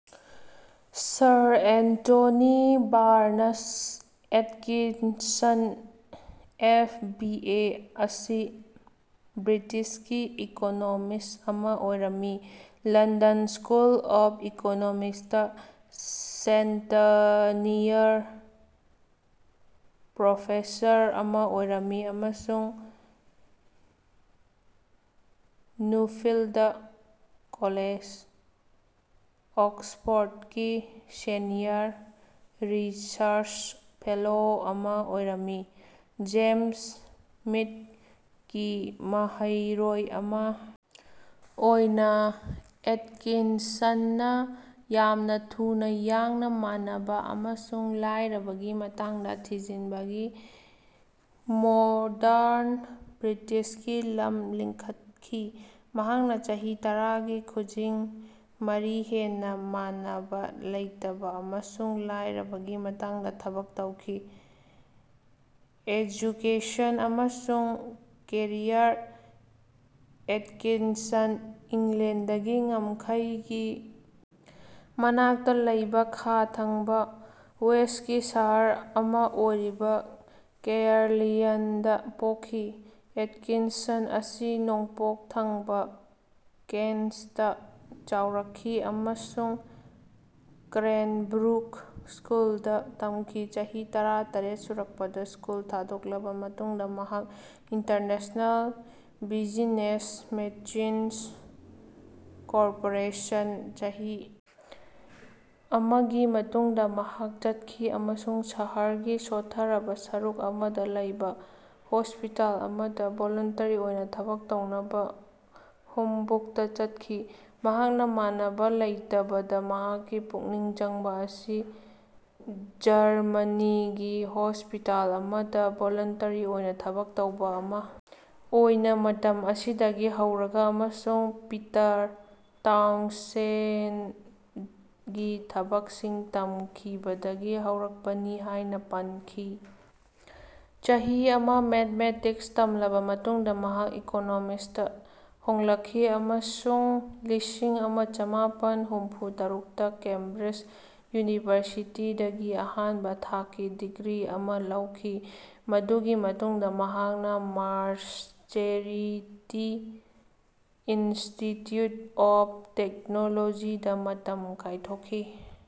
Sir Anthony Barnes Atkinson F. B. A. ꯑꯁꯤ ꯕ꯭ꯔꯤꯇꯤꯁꯀꯤ economist ꯑꯃꯥ ꯑꯣꯏꯔꯝꯃꯤ꯫ ꯂꯟꯗꯟ ꯁ꯭ꯀꯨꯜ ꯑꯣꯐ ꯏꯀꯣꯅꯣꯃꯤꯛꯁꯇꯥ ꯁꯦꯟꯇꯅꯤꯌꯔ ꯄ꯭ꯔꯣꯐꯦꯁꯔ ꯑꯃꯥ ꯑꯣꯏꯔꯝꯃꯤ, ꯑꯃꯁꯨꯡ ꯅꯨꯐꯤꯜꯗ ꯀꯣꯂꯦꯖ, ꯑꯣꯛꯁꯐꯣꯔꯗꯀꯤ ꯁꯦꯅꯤꯌꯔ ꯔꯤꯁꯔꯆ ꯐꯦꯂꯣ ꯑꯃꯥ ꯑꯣꯏꯔꯝꯃꯤ꯫ ꯖꯦꯝꯁ ꯃꯤꯗꯀꯤ ꯃꯍꯩꯔꯣꯏ ꯑꯃꯥ ꯑꯣꯏꯅꯥ ꯑꯦꯠꯀꯤꯟꯁꯟꯅꯥ ꯌꯥꯝꯅꯥ ꯊꯨꯅ ꯌꯥꯡꯅꯥ ꯃꯥꯟꯅꯕ ꯑꯃꯁꯨꯡ ꯂꯥꯏꯔꯕꯒꯤ ꯃꯇꯥꯡꯗ ꯊꯤꯖꯤꯟꯕꯒꯤ ꯃꯣꯗꯔꯟ ꯕ꯭ꯔꯤꯇꯤꯁꯀꯤ ꯂꯝ ꯂꯤꯡꯈꯠꯈꯤ꯫ ꯃꯍꯥꯛꯅꯥ ꯆꯍꯤ ꯇꯔꯥꯒꯤ ꯈꯨꯖꯤꯡ ꯃꯔꯤ ꯍꯦꯟꯅꯥ ꯃꯥꯟꯅꯕꯥ ꯂꯩꯇꯕꯥ ꯑꯃꯁꯨꯡ ꯂꯥꯏꯔꯕꯒꯤ ꯃꯇꯥꯡꯗꯥ ꯊꯕꯛ ꯇꯧꯈꯤ꯫ ꯑꯦꯖꯨꯀꯦꯁꯟ ꯑꯃꯁꯨꯡ ꯀꯦꯔꯤꯌꯔ ꯑꯦꯠꯀꯤꯟꯁꯟ ꯏꯪꯂꯦꯟꯗꯒꯤ ꯉꯝꯈꯩꯒꯤ ꯃꯅꯥꯛꯇ ꯂꯩꯕꯥ ꯈꯥ ꯊꯪꯕꯥ ꯋꯦꯜꯁꯀꯤ ꯁꯍꯔ ꯑꯃꯥ ꯑꯣꯏꯔꯤꯕ ꯀꯦꯌꯔꯂꯤꯌꯟꯗꯥ ꯄꯣꯛꯈꯤ꯫ ꯑꯦꯠꯀꯤꯟꯁꯟ ꯑꯁꯤ ꯅꯣꯡꯄꯣꯛ ꯊꯪꯕꯥ ꯀꯦꯟꯠꯇꯥ ꯆꯥꯎꯔꯛꯈꯤ ꯑꯃꯁꯨꯡ ꯀ꯭ꯔꯦꯟꯕ꯭ꯔꯨꯛ ꯁ꯭ꯀꯨꯜꯗꯥ ꯇꯝꯈꯤ꯫ ꯆꯍꯤ ꯇꯔꯥ ꯇꯔꯦꯠ ꯁꯨꯔꯛꯄꯗꯥ ꯁ꯭ꯀꯨꯜ ꯊꯥꯗꯣꯛꯂꯕ ꯃꯇꯨꯡꯗ ꯃꯍꯥꯛꯅꯥ ꯏꯟꯇꯔꯅꯦꯁꯟꯅꯦꯜ ꯕꯤꯖꯤꯅꯦꯁ ꯃꯦꯆꯤꯟꯁ ꯀꯣꯔꯄꯣꯔꯦꯁꯟ ꯆꯍꯤ ꯑꯃꯒꯤ ꯃꯇꯨꯡꯗ ꯃꯍꯥꯛ ꯆꯠꯈꯤ ꯑꯃꯁꯨꯡ ꯁꯍꯔꯒꯤ ꯁꯣꯠꯊꯔꯕ ꯁꯔꯨꯛ ꯑꯃꯗꯥ ꯂꯩꯕꯥ ꯍꯣꯁꯄꯤꯇꯥꯜ ꯑꯃꯗꯥ ꯚꯣꯂꯨꯟꯇꯔꯤ ꯑꯣꯏꯅꯥ ꯊꯕꯛ ꯇꯧꯅꯕꯥ ꯍꯝꯕꯨꯛꯇꯥ ꯆꯠꯈꯤ꯫ ꯃꯍꯥꯛꯅꯥ ꯃꯥꯟꯅꯕꯥ ꯂꯩꯇꯕꯗꯥ ꯃꯍꯥꯛꯀꯤ ꯄꯨꯛꯅꯤꯡ ꯆꯪꯕ ꯑꯁꯤ ꯖꯔꯃꯅꯤꯒꯤ ꯍꯣꯁꯄꯤꯇꯥꯜ ꯑꯃꯗꯥ ꯚꯣꯂꯨꯟꯇꯔꯤ ꯑꯣꯏꯅꯥ ꯊꯕꯛ ꯇꯧꯕ ꯑꯃꯥ ꯑꯣꯏꯅꯥ ꯃꯇꯝ ꯑꯁꯤꯗꯒꯤ ꯍꯧꯔꯒꯥ ꯑꯃꯁꯨꯡ ꯄꯤꯇꯔ ꯇꯥꯎꯟꯁꯦꯟꯗꯒꯤ ꯊꯕꯛꯁꯤꯡ ꯇꯝꯈꯤꯕꯗꯒꯤ ꯍꯧꯔꯛꯄꯅꯤ ꯍꯥꯏꯅꯥ ꯄꯟꯈꯤ꯫ ꯆꯍꯤ ꯑꯃꯥ ꯃꯦꯊꯃꯦꯇꯤꯛꯁ ꯇꯝꯂꯕ ꯃꯇꯨꯡꯗ ꯃꯍꯥꯛ ꯏꯀꯣꯅꯣꯃꯤꯛꯁꯇꯥ ꯍꯣꯡꯂꯛꯈꯤ ꯑꯃꯁꯨꯡ ꯂꯤꯁꯤꯡ ꯑꯃ ꯆꯃꯥꯄꯟ ꯍꯨꯝꯐꯨ ꯇꯔꯨꯛꯇ ꯀꯦꯝꯕ꯭ꯔꯤꯖ ꯌꯨꯅꯤꯚꯔꯁꯤꯇꯤꯗꯒꯤ ꯑꯍꯥꯟꯕꯥ ꯊꯥꯛꯀꯤ ꯗꯤꯒ꯭ꯔꯤ ꯑꯃꯥ ꯂꯧꯈꯤ꯫ ꯃꯗꯨꯒꯤ ꯃꯇꯨꯡꯗ ꯃꯍꯥꯛꯅꯥ ꯃꯥꯁꯆꯦꯔꯤꯇꯤ ꯏꯟꯁꯇꯤꯇ꯭ꯌꯨꯠ ꯑꯣꯐ ꯇꯦꯛꯅꯣꯂꯣꯖꯤꯗꯥ ꯃꯇꯝ ꯀꯥꯏꯊꯣꯛꯈꯤ꯫